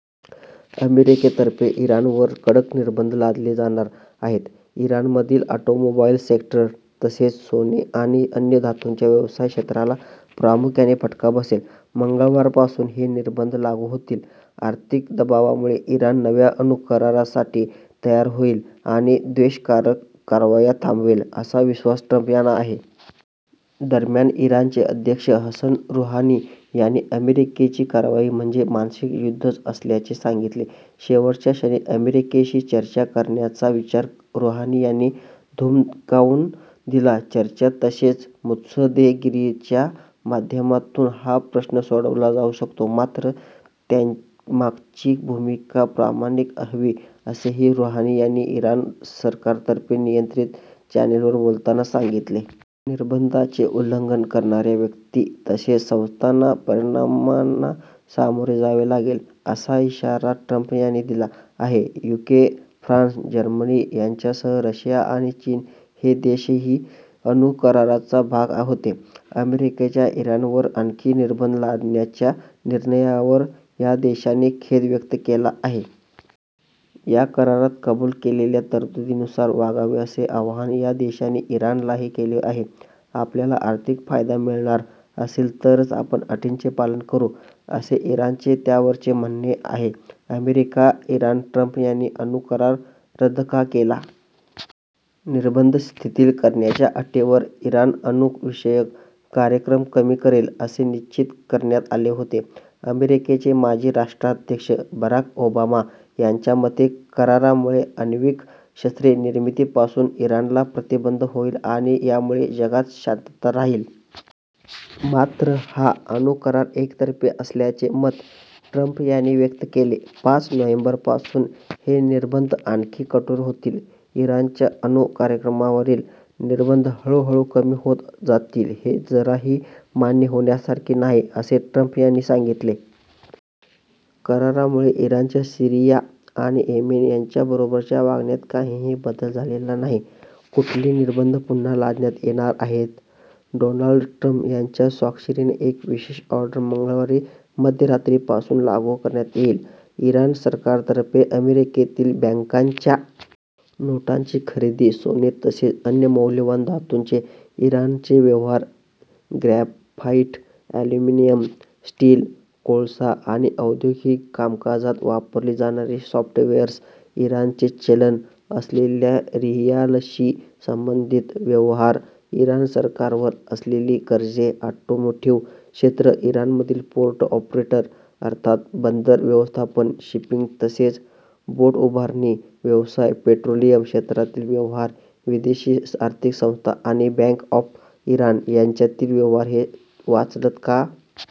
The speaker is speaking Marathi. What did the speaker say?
अमेरिकेतर्फे इराणवर कडक निर्बंध लादले जाणार आहेत. इराणमधील ऑटोमोबाइल सेक्टर तसेच सोने आणि अन्य धातूंच्या व्यवसाय क्षेत्राला प्रामुख्याने फटका बसेल. मंगळवारपासून हे निर्बंध लागू होतील. आर्थिक दबावामुळे इराण नव्या अणू करारासाठी तयार होईल आणि 'द्वेषकारक' कारवाया थांबवेल, असा विश्वास ट्रंप यांना आहे. दरम्यान इराणचे अध्यक्ष हसन रुहानी यांनी अमेरिकेची कारवाई म्हणजे 'मानसिक युद्धच' असल्याचे सांगितले. शेवटच्या क्षणी अमेरिकेशी चर्चा करण्याचा विचार रुहानी यांनी धुडकावून दिला. चर्चा तसेच मुत्सद्देगिरीच्या माध्यमातून हा प्रश्न सोडवला जाऊ शकतो मात्र त्यामागची भूमिका प्रामाणिक हवी, असेही रुहानी यांनी इराण सरकारतर्फे नियंत्रित चॅनेलवर बोलताना सांगितले. निर्बंधांचे उल्लंघन करणाऱ्या व्यक्ती तसेच संस्थांना परिणामांना सामोरे जावे लागेल असा इशारा ट्रंप यांनी दिला आहे. युके, फ्रान्स, जर्मनी यांच्यासह रशिया आणि चीन हे देशही अणू कराराचा भाग होते. अमेरिकेच्या इराणवर आणखी निर्बंध लादण्याच्या निर्णयावर या देशांनी खेद व्यक्त केला आहे. या करारात कबूल केलेल्या तरतुदींनुसार वागावे, असे आवाहन या देशांनी इराणलाही केले आहे. आपल्याला आर्थिक फायदा मिळणार असेल तरच आपण अटींचे पालन करू, असे इराणचे त्यावरचे म्हणणे आहे. अमेरिका इराण ट्रंप यांनी अणू करार रद्द का केला? निर्बंध शिथिल करण्याच्या अटीवर इराण अणू विषयक कार्यक्रम कमी करेल, असे निश्चित करण्यात आले होते. अमेरिकेचे माजी राष्ट्राध्यक्ष बराक ओबामा यांच्या मते, करारामुळे आण्विक शस्त्रे निर्मितीपासून इराणला प्रतिबंध होईल आणि यामुळे जगात शांतता राहील. मात्र हा अणू करार एकतर्फी असल्याचे मत ट्रंप यांनी व्यक्त केले. पाच नोव्हेंबरपासून हे निर्बंध आणखी कठोर होतील. इराणच्या अणू कार्यक्रमांवरील निर्बंध हळूहळू कमी होत जातील- हे जराही मान्य होण्यासारखे नाही असे ट्रंप यांनी सांगितले. करारामुळे इराणच्या सीरिया आणि येमेन यांच्याबरोबरच्या वागण्यात काहीही बदल झालेला नाही. कुठले निर्बंध पुन्हा लादण्यात येणार आहेत? डोनाल्ड ट्रंप यांच्या स्वाक्षरीने एक विशेष ऑर्डर मंगळवारी मध्यरात्रीपासून लागू करण्यात येईल. इराण सरकारतर्फे अमेरिकेतील बँकांच्या नोटांची खरेदी सोने तसेच अन्य मौल्यवान धातूंचे इराणचे व्यवहार ग्रॅफाइट, ॲल्युमिनिअम, स्टील, कोळसा आणि औद्योगिक कामकाजात वापरली जाणारी सॉफ्टवेअर्स इराणचे चलन असलेल्या रियालशी संबंधित व्यवहार इराण सरकारवर असलेली कर्जे ऑटोमोटिव्ह क्षेत्र इराणमधील पोर्ट ऑपरेटर अर्थात बंदर व्यवस्थापन, शिपिंग तसेच बोटउभारणी व्यवसाय पेट्रोलियम क्षेत्रातील व्यवहार विदेशी आर्थिक संस्था आणि बँक ऑफ इराण यांच्यातील व्यवहार हे वाचलंत का?